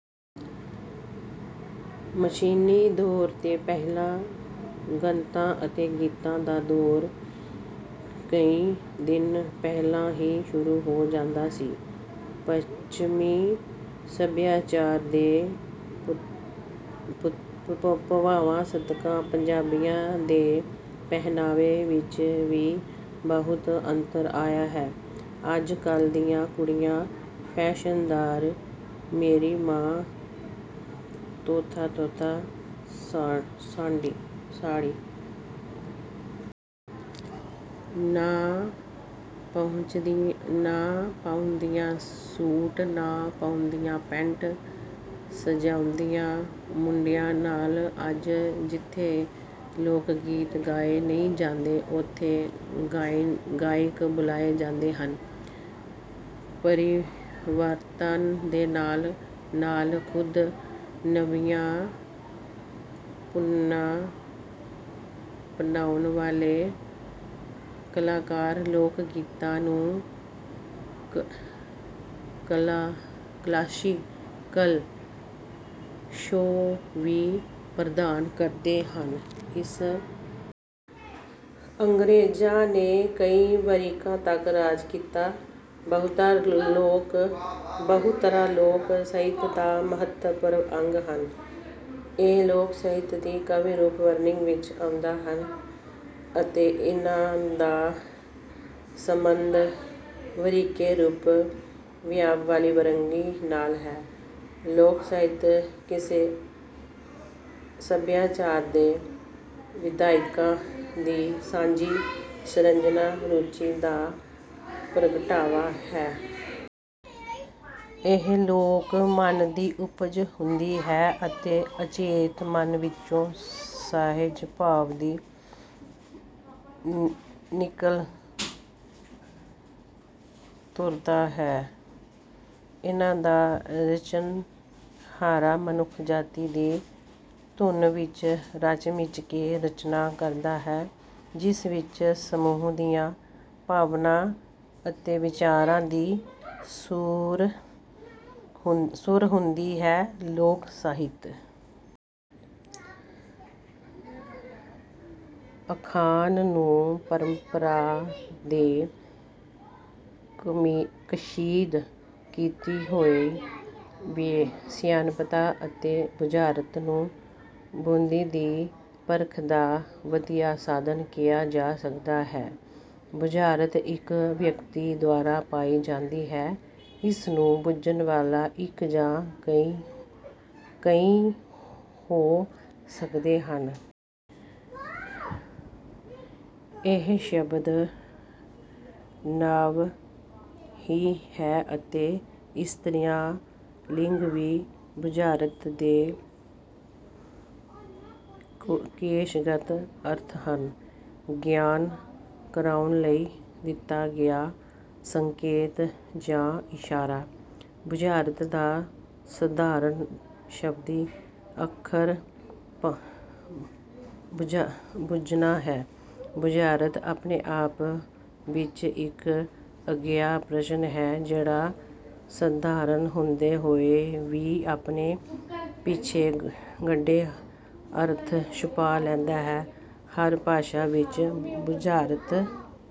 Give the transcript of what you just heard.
ਮਸ਼ੀਨੀ ਦੌਰ ਤੋਂ ਪਹਿਲਾਂ ਰੀਤਾਂ ਅਤੇ ਗੀਤਾਂ ਦਾ ਦੌਰ ਕਈ ਦਿਨ ਪਹਿਲਾਂ ਹੀ ਸ਼ੁਰੂ ਹੋ ਜਾਂਦਾ ਸੀ। ਪੱਛਮੀ ਸਭਿਆਚਾਰ ਦੇ ਪ੍ਰਭਾਵ ਸਦਕਾ ਪੰਜਾਬੀਆਂ ਦੇ ਪਹਿਰਾਵੇ ਵਿੱਚ ਵੀ ਬਹੁਤ ਅੰਤਰ ਆਇਆ ਹੈ। ਅੱਜਕੱਲ੍ਹ ਦੀਆਂ ਕੁੜੀਆਂ ਫੈਸ਼ਨਦਾਰ, ਮੇਰੀ ਮਾਂ ਤੋਬਾ-ਤੋਬਾ। ਸਾੜੀ ਨਾ ਪਾਉਂਦੀਆਂ ਸੂਟ ,ਨਾ ਪਾਉਂਦੀਆਂ ਪੈਂਟ, ਸਜਾਉਂਦੀਆਂ ਮੁੰਡਿਆਂ ਨਾਲ। ਅੱਜ ਜਿੱਥੇ ਲੋਕ-ਗੀਤ ਗਾਏ ਨਹੀਂ ਜਾਂਦੇ, ਉੱਥੇ ਗਾਇਕ ਬੁਲਾਏ ਜਾਂਦੇ ਹਨ। ਪਰਿਵਰਤਨ ਦੇ ਨਾਲ-ਨਾਲ ਖੁਦ ਨਵੀਆਂ ਧੁਨਾਂ ਬਣਾਉਣ ਵਾਲੇ ਕਲਾਕਾਰ ਲੋਕ-ਗੀਤਾਂ ਨੂੰ ਕਲਾਸੀਕਲ ਛੋਹ ਵੀ ਪ੍ਰਦਾਨ ਕਰਦੇ ਹਨ। ਇਸ ਅੰਗਰੇਜ਼ਾਂ ਨੇ ਕਈ ਵਰ੍ਹਿਆਂ ਤੱਕ ਰਾਜ ਕੀਤਾ। ਬੁਝਾਰਤਾਂ ਲੋਕ-ਸਾਹਿਤ ਦਾ ਮਹੱਤਵਪੂਰਨ ਅੰਗ ਹਨ। ਇਹ ਲੋਕ-ਸਾਹਿਤ ਦੀ ਕਾਵਿ-ਰੂਪ ਵੰਨਗੀ ਵਿੱਚ ਆਉਂਦੀਆਂ ਹਨ ਅਤੇ ਇਨ੍ਹਾਂ ਦਾ ਸੰਬੰਧ ਬੱਝਵੇਂ ਰੂਪ-ਵਿਧਾਨ ਵਾਲੀ ਵੰਨਗੀ ਨਾਲ ਹੈ। ਲੋਕ-ਸਾਹਿਤ ਕਿਸੇ ਸਭਿਆਚਾਰ ਦੇ ਵਿਅਕਤੀਆਂ ਦੀ ਸਾਂਝੀ ਸਿਰਜਣਾ-ਰੁਚੀ ਦਾ ਪ੍ਰਗਟਾਵਾ ਹੈ। ਇਹ ਲੋਕ-ਮਨ ਦੀ ਉਪਜ ਹੁੰਦੀ ਹੈ ਅਤੇ ਅਚੇਤ ਮਨ ਵਿੱਚੋਂ ਸਹਿਜ-ਭਾਵ ਹੀ ਨਿਕਲ ਤੁਰਦਾ ਹੈ। ਇਨ੍ਹਾਂ ਦਾ ਰਚਨਹਾਰਾ ਮਨੁੱਖ ਜਾਤੀ ਦੀ ਧੁਨ ਵਿੱਚ ਰਚ-ਮਿਚ ਕੇ ਰਚਨਾ ਕਰਦਾ ਹੈ, ਜਿਸ ਵਿੱਚ ਸਮੂਹ ਦੀਆਂ ਭਾਵਨਾਵਾਂ ਅਤੇ ਵਿਚਾਰਾਂ ਦੀ ਸੁਰ ਹੁੰਦੀ ਹੈ। ਲੋਕ-ਸਾਹਿਤ ਅਖਾਣ ਨੂੰ ਪਰੰਪਰਾ ਤੋਂ ਕਸ਼ੀਦ ਕੀਤੀ ਹੋਈ ਸਿਆਣਪ ਅਤੇ ਬੁਝਾਰਤਾਂ ਨੂੰ ਬੁੱਧੀ ਦੀ ਪਰਖ ਦਾ ਵਧੀਆ ਸਾਧਨ ਕਿਹਾ ਜਾ ਸਕਦਾ ਹੈ। ਬੁਝਾਰਤ ਇੱਕ ਵਿਅਕਤੀ ਦੁਆਰਾ ਪਾਈ ਜਾਂਦੀ ਹੈ। ਇਸ ਨੂੰ ਬੁੱਝਣ ਵਾਲਾ ਇੱਕ ਜਾਂ ਕਈ ਹੋ ਸਕਦੇ ਹਨ। ਇਹ ਸ਼ਬਦ ਨਾਂਵ ਵੀ ਹੈ ਅਤੇ ਇਸਤਰੀ ਲਿੰਗ ਵੀ। ਬੁਝਾਰਤ ਦੇ ਕੋਸ਼ਗਤ ਅਰਥ ਹਨ ਗਿਆਨ ਕਰਾਉਣ ਲਈ ਦਿੱਤਾ ਗਿਆ ਸੰਕੇਤ ਜਾਂ ਇਸ਼ਾਰਾ ਬੁਝਾਰਤ ਦਾ ਸਾਧਾਰਣ ਸ਼ਬਦੀ ਅਰਥ ਬੁੱਝਣਾ ਹੈ। ਬੁਝਾਰਤ ਆਪਣੇ ਆਪ ਵਿੱਚ ਇੱਕ ਅਜਿਹਾ ਪ੍ਰਸ਼ਨ ਹੈ‌ ਜਿਹੜਾ ਸਧਾਰਨ ਹੁੰਦੇ ਹੋਏ ਵੀ ਆਪਣੇ ਪਿੱਛੇ ਗੂੜ੍ਹੇ ਅਰਥ ਛੁਪਾ ਲੈਂਦਾ ਹੈ। ਹਰ ਭਾਸ਼ਾ ਵਿੱਚ ਬੁਝਾਰਤਾਂ ਲੀ